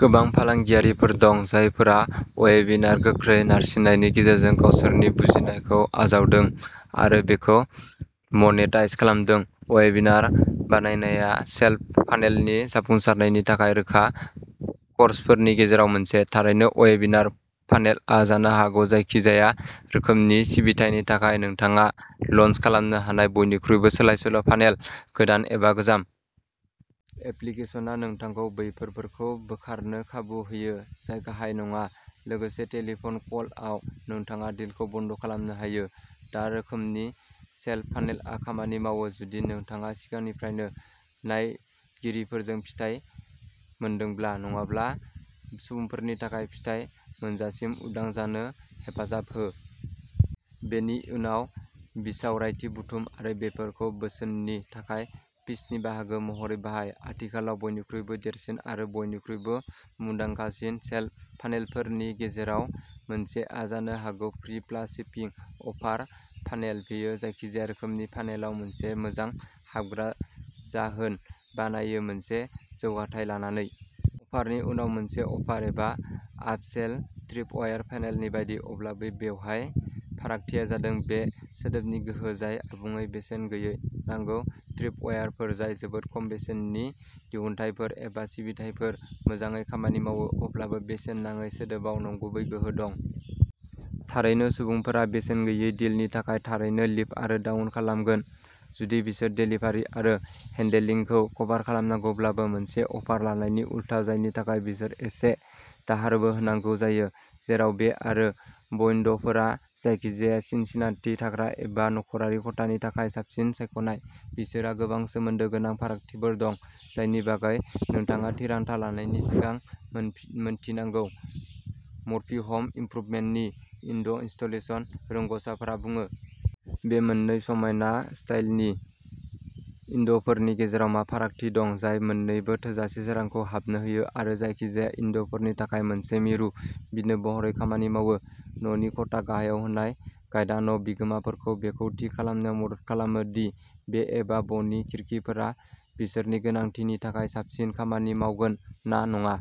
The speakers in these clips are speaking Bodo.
गोबां फालांगियारिफोर दं, जायफोरा अवेबिनारनि गोख्रै नारसिननायनि गेजेरजों गावसोरनि बुजिनायखौ आजावदों आरो बेखौ मनेटाइज खालामदों। अवेबिनार बानायनाया सेल्स फानेलनि जाफुंसारनायनि थाखाय रोखा कर्सफोरनि गेजेराव मोनसे। थारैनो, अवेबिनार फानेलआ जानो हागौ जायखिजाया रोखोमनि सिबिथायनि थाखाय नोंथाङा लन्च खालामनो हानाय बयनिख्रुइबो सोलायसोल' फानेल गोदान एबा गोजाम। एप्लिकेशनआ नोंथांखौ बैफोरफोरखौ बोखारनो खाबु होयो जाय गाहाय नङा। लोगोसे टेलिफन कलआव, नोंथाङा डिलखौ बन्द' खालामनो हायो। दा, रोखोमनि सेल्स फानेलआ खामानि मावो जुदि नोंथाङा सिगांनिफ्रायनो बायगिरिफोरजों फिथाय मोनदोंब्ला। नङाब्ला, सुबुंफोरनि थाखाय फिथाय मोनजासिम उदां जानो हेफाजाब हो। बेनि उनाव, बिसावरायथि बुथुम आरो बेफोरखौ बोसोननि थाखाय पिचनि बाहागो महरै बाहाय। आथिखालाव बयनिख्रुइबो देरसिन आरो बयनिख्रुइबो मुंदांखासिन सेल्स फानेलफोरनि गेजेराव मोनसेआ जानो हागौ फ्रि-प्लास-शिपिं अफार फानेल। बेयो जायखिजाया रोखोमनि फानेलाव मोनसे मोजां हाबग्रा जाहोन बानायो मोनसे जौगाथाय लानानै। अफारनि उनाव मोनसेल' अफार एबा आप-सेल ट्रिपवायर फानेलनि बायदि। अब्लाबो बेवहाय फारागथिया जादों बे सोदोबनि गोहो जाय आबुङै बेसेन गैयै। नंगौ, ट्रिपवाइरफोर, जाय जोबोद खम बेसेननि दिहुनथायफोर एबा सिबिथाइफोर, मोजाङै खामानि मावो। अब्लाबो बेसेन नाङै सोदोबाव नंगुबै गोहो दं। थारैनो सुबुंफोरा बेसेन-गैयै डिलनि थाखाय थारैनो लिफ्ट आरो डाउन खालामगोन जुदि बिसोर देलिभारि आरो हेन्डेलिंखौ कभार खालामनांगौब्लाबो, मोनसे अफार लानायनि उलथा जायनि थाखाय बिसोर एसे दाहारबो होनांगौ जायो। जेराव बे आरो ब'उइन्ड'फोरा जायखिजाया सिनसिनाटि थाग्रा एबा नखरारि खथानि थाखाय साबसिन सायख'नाय, बिसोरहा गोबां सोमोन्दो गोनां फारागथिफोर दं जायनि बागै नोंथाङा थिरांथा लानायनि सिगां मिन्थिनांगोन, मर्फी हम इमप्रुबमेन्टनि उइन्ड'इनस्टलेशन रोंग'साफोरा बुङो। बे मोननै समायना स्टाइलनि उइन्ड'फोरनि गेजेराव मा फारागथि दं जाय मोननैबो थोजासे सोरांखौ हाबनो होयो आरो जायखिजाया उइन्ड'फोरनि थाखाय मोनसे मिरु बिन्दो महरै खामानि मावो। न'नि खथा? गाहायाव होनाय गाइदा न' बिगोमाफोरखौ बेखौ थि खालामनायाव मदद खालामो दि बे एबा ब'नि खिरखिफोरा बिसोरनि गोनांथिनि थाखाय साबसिन खामानि मावगोन ना नङा।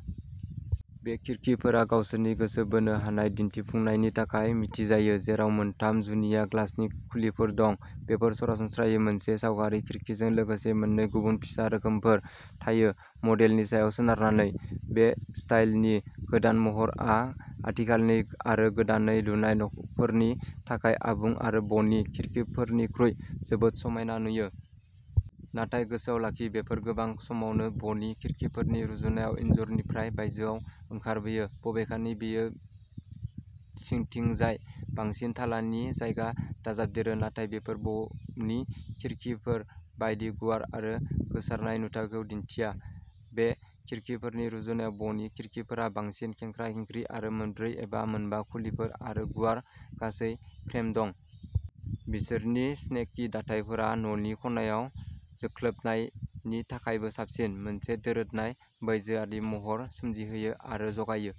बे खिरखिफोरा गावसोरनि गोसो बोनो हानाय दिन्थिफुंनायनि थाखाय मिथिजायो, जेराव मोनथाम जुनिया ग्लासनि खुलिफोर दं। बेफोर सरासनस्रायै मोनसे सावगारि खिरखिजों लोगोसे मोननै गुबुन फिसा रोखोमफोर थायो मडेलनि सायाव सोनारनानै। बे स्टाइलनि गोदान महरआ आथिखालनि आरो गोदानै लुनाय न'फोरनि थाखाय आबुं आरो ब'नि खिरखिफोरनिख्रुइ जोबोद समायना नुयो। नाथाय गोसोआव लाखि, बेफोर गोबां समावनो ब'नि खिरखिफोरनि रुजुनायाव इनजुरनिफ्राय बायजोआव ओंखारबोयो। बबेखानि बेयो सिंथिंजाय बांसिन थालानि जायगा दाजाबदेरो नाथाय बेफोर ब'नि खिरखिफोर बायदि गुवार आरो गोसारनाय नुथाइखौ दिन्थिया। बे खिरखिफोरनि रुजुनायाव ब'नि खिरखिफोरा बांसिन खेंख्रा-खेंख्रि आरो मोनब्रै एबा मोनबा खुलिफोर आरो गुवार गासै फ्रेम दं। बिसोरनि स्नेकि दाथायफोरा न'नि खनायाव जोख्लोबनायनि थाखायबो साबसिन, मोनसे दोरोदनाय बायजोआरि महर सोमजिहोयो आरो जगायो।